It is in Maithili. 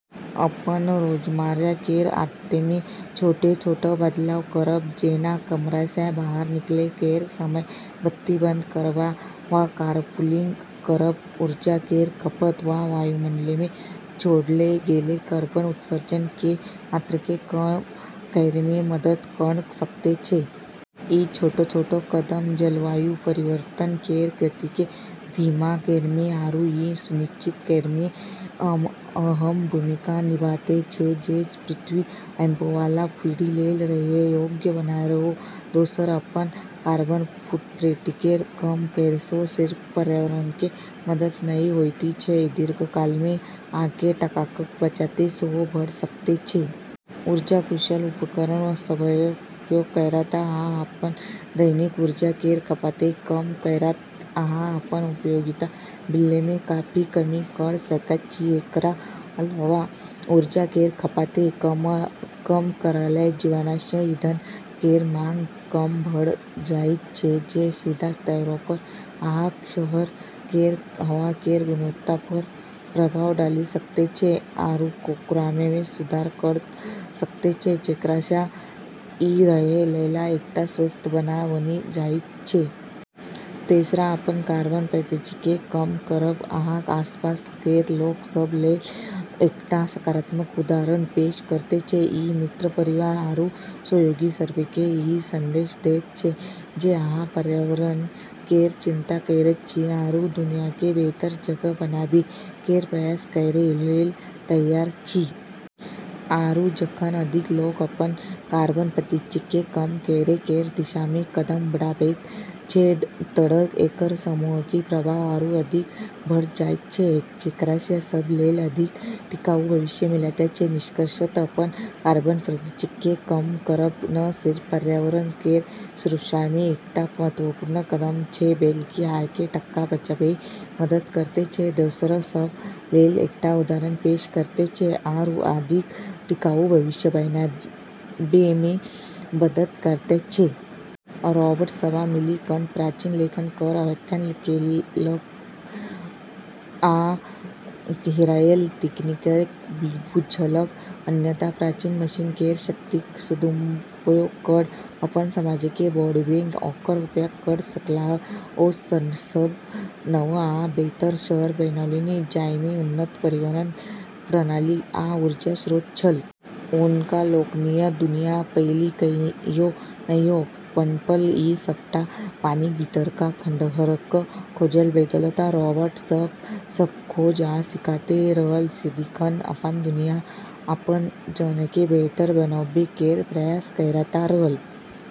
अपन रोजमर्रा केर आदतमे छोट-छोट बदलाव करब, जेना कमरासँ बाहर निकलै केर समय बत्ती बंद करब वा कारपूलिंग करब, ऊर्जा केर खपत आ वायुमंडलमे छोड़ल गेल कार्बन उत्सर्जन केर मात्राकेँ कम करैमे मदद कऽ सकैत छै। ई छोट-छोट कदम जलवायु परिवर्तन केर गतिकेँ धीमा करैमे आरू ई सुनिश्चित करैमे अहम भूमिका निभाबैत छै जे पृथ्वी आबैवाला पीढ़ी लेल रहै योग्य बनल रहै। दोसर, अपन कार्बन फुटप्रिंटकेँ कम करैसँ सिर्फ पर्यावरणकेँ मदद नहि होइत छै - दीर्घकालमे अहाँकेँ टकाक बचत सेहो भऽ सकैत छै। ऊर्जा कुशल उपकरण सभक उपयोग करैत आ अपन दैनिक ऊर्जा केर खपतकेँ कम करैत, अहाँ अपन उपयोगिता बिलमे काफी कमी कऽ सकैत छी। एकरा अलावा ऊर्जा केर खपतकेँ कम करलासँ जीवाश्म ईंधन केर माँग कम भऽ जाइत छै, जे सीधा तौरपर अहाँक शहर केर हवा केर गुणवत्तापर प्रभाव डालि सकैत छै आरू ओकरामे सुधार कऽ सकैत छै, जेकरासँ ई रहै लेल एकटा स्वस्थ जगह बनि जाइत छै। तेसर, अपन कार्बन पदचिह्नकेँ कम करब अहाँक आसपास केर लोक सभ लेल एकटा सकारात्मक उदाहरण पेश करैत छै - ई मित्र, परिवार, आरू सहयोगी सभकेँ ई संदेश दैत छै जे अहाँ पर्यावरण केर चिंता करैत छी आरू दुनियाकेँ बेहतर जगह बनाबै केर प्रयास करै लेल तैयार छी। आरू, जखन अधिक लोक अपन कार्बन पदचिह्नकेँ कम करै केर दिशामे कदम उठाबैत छै, तऽ एकर सामूहिक प्रभाव आरू अधिक भऽ जाइत छै, जेकरासँ सब लेल अधिक टिकाऊ भविष्य मिलैत छै। निष्कर्षतः, अपन कार्बन पदचिह्नकेँ कम करब न सिर्फ पर्यावरण केर सुरक्षामे एकटा महत्वपूर्ण कदम छै बल्कि अहाँकेँ टका बचाबैमे मदद करैत छै, दोसर सभ लेल एकटा उदाहरण पेश करैत छै आरू अधिक टिकाऊ भविष्य बनाबैमे मदद करैत छै। रोबोट सभ मिलि कऽ प्राचीन लेखन केर व्याख्या केलक आ हेराएल तकनीककेँ बुझलक। अन्ततः प्राचीन मशीन केर शक्तिक सदुपयोग कऽ अपन समाजकेँ बढ़ाबैमे ओकर उपयोग कऽ सकलाह। ओ सब नव आ बेहतर शहर बनौलनि, जाहिमे उन्नत परिवहन प्रणाली आ ऊर्जा स्रोत छल। हुनका लोकनिक दुनिया पहिने कहियो नहि पनपल, ई सबटा पानिक भीतरक खंडहरक खोजक बदौलत। रोबोट सब खोज आ सीखैत रहल, सदिखन अपन दुनिया आ अपन जीवनकेँ बेहतर बनाबै केर प्रयास करैत रहल।